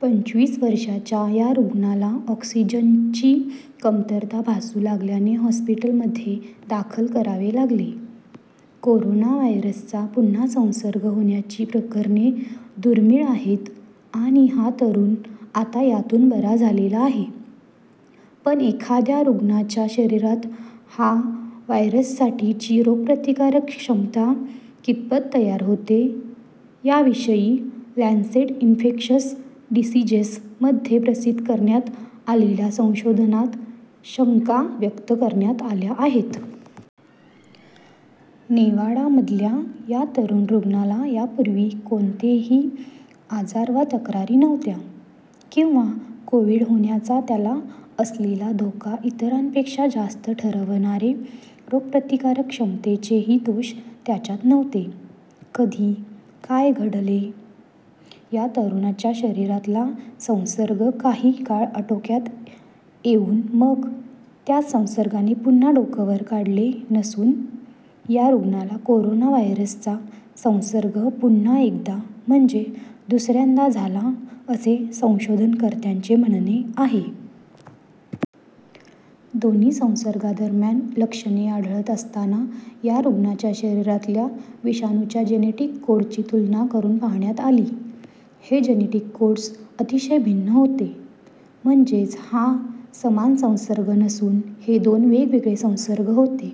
पंचवीस वर्षांच्या या रुग्णाला ऑक्सिजनची कमतरता भासू लागल्याने हॉस्पिटलमध्ये दाखल करावे लागले. कोरोना व्हायरसचा पुन्हा संसर्ग होण्याची प्रकरणे दुर्मिळ आहेत आणि हा तरुण आता यातून बरा झालेला आहे. पण एखाद्या रुग्णाच्या शरीरात या व्हायरससाठीची रोगप्रतिकारक्षमता कितपत तयार होते, याविषयी 'लॅन्सेट इन्फेक्शस डिसीजेस'मध्ये प्रसिद्ध करण्यात आलेल्या संशोधनात शंका व्यक्त करण्यात आल्या आहेत. नेव्हाडामधल्या या तरुण रुग्णाला यापूर्वी कोणतेही आजार वा तक्रारी नव्हत्या. किंवा कोव्हिड होण्याचा त्याला असलेला धोका इतरांपेक्षा जास्त ठरवणारे रोगप्रतिकारक्षमतेचे दोषही त्याच्यात नव्हते. कधी, काय घडले? या तरुणाच्या शरीरातला संसर्ग काही काळ आटोक्यात येऊन मग त्याच संसर्गाने पुन्हा डोकं वर काढले नसून या रुग्णाला कोरोना व्हायरसचा संसर्ग पुन्हा एकदा म्हणजे दुसऱ्यांदा झाला असे संशोधनकर्त्यांचे म्हणणे आहे. दोन्ही संसर्गांदरम्यान लक्षणे आढळत असताना, या रुग्णाच्या शरीरातल्या विषाणूच्या जेनेटिक कोडची तुलना करून पाहण्यात आली. हे जेनेटिक कोड्स अतिशय भिन्न होते. म्हणजेच हा समान संसर्ग नसून हे दोन वेगवेगळे संसर्ग होते.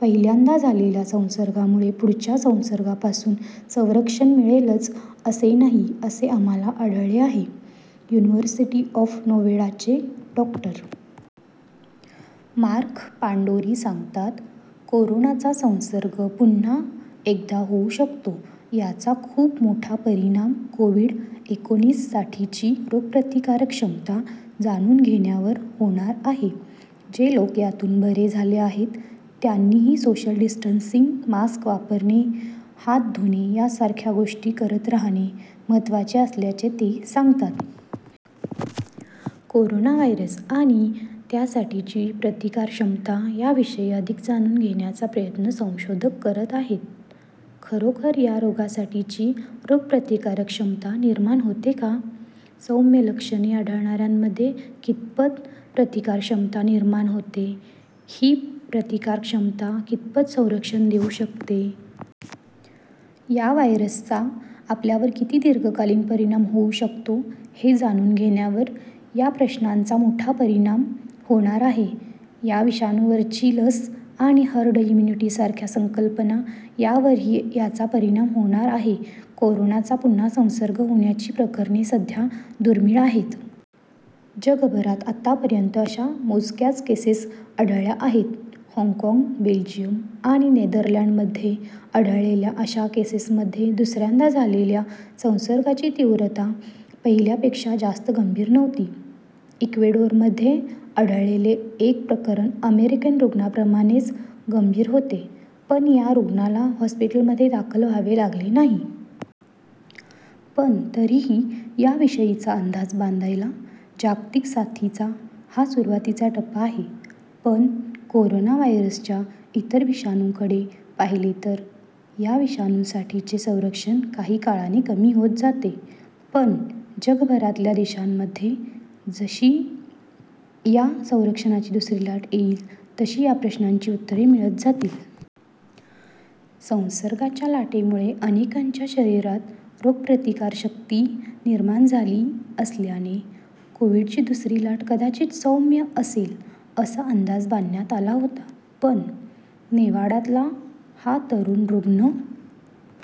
"पहिल्यांदा झालेल्या संसर्गामुळे पुढच्या संसर्गांपासून संरक्षण मिळेलच असे नाही, असे आम्हाला आढळले आहे," युनिव्हर्सिटी ऑफ नेव्हाडाचे डॉ. मार्क पांडोरी सांगतात. "कोरोनाचा संसर्ग पुन्हा एकदा होऊ शकतो याचा खूप मोठा परिणाम कोव्हिड-एकोणीससाठीची रोगप्रतिकारक्षमता जाणून घेण्यावर होणार आहे." जे लोक यातून बरे झाले आहेत त्यांनीही सोशल डिस्टन्सिंग, मास्क वापरणे, हात धुणे यासारख्या गोष्टी करत राहणे महत्त्वाचे असल्याचे ते सांगतात. कोरोना व्हायरस आणि त्यासाठीची प्रतिकारक्षमता याविषयी अधिक जाणून घेण्याचा प्रयत्न संशोधक करत आहेत. खरोखर या रोगासाठीची रोगप्रतिकारक्षमता निर्माण होते का? सौम्य लक्षणे आढळणाऱ्यांमध्ये कितपत प्रतिकारक्षमता निर्माण होते? ही प्रतिकारक्षमता कितपत संरक्षण देऊ शकते? या व्हायरसचा आपल्यावर किती दीर्घकालीन परिणाम होऊ शकतो हे जाणून घेण्यावर या प्रश्नांचा मोठा परिणाम होणार आहे. या विषाणूवरची लस आणि हर्ड इम्युनिटीसारख्या संकल्पना यावरही याचा परिणाम होणार आहे. कोरोनाचा पुन्हा संसर्ग होण्याची प्रकरणे सध्या दुर्मिळ आहेत. जगभरात आतापर्यंत अशा मोजक्याच केसेस आढळल्या आहेत. हाँगकाँग, बेल्जियम आणि नेदरलँड्समध्ये आढळलेल्या अशा केसेसमध्ये दुसऱ्यांदा झालेल्या संसर्गाची तीव्रता पहिल्यापेक्षा जास्त गंभीर नव्हती. इक्वेडोरमध्ये आढळलेले एक प्रकरण अमेरिकन रुग्णाप्रमाणेच गंभीर होते, पण या रुग्णाला हॉस्पिटलमध्ये दाखल व्हावे लागले नाही. पण तरीही याविषयीचा अंदाज बांधायला जागतिक साथीचा हा सुरुवातीचा टप्पा आहे. पण कोरोना व्हायरसच्या इतर विषाणूंकडे पाहिले तर या विषाणूसाठीचे संरक्षण काही काळाने कमी होत जाते. पण जगभरातल्या देशांमध्ये जशी या संसर्गाची दुसरी लाट येईल, तशी या प्रश्नांची उत्तरे मिळत जातील. संसर्गाच्या लाटेमुळे अनेकांच्या शरीरात रोगप्रतिकारशक्ती निर्माण झाली असल्याने कोव्हिडची दुसरी लाट कदाचित सौम्य असेल असा अंदाज बांधण्यात आला होता. पण नेव्हाडातला हा तरुण रुग्ण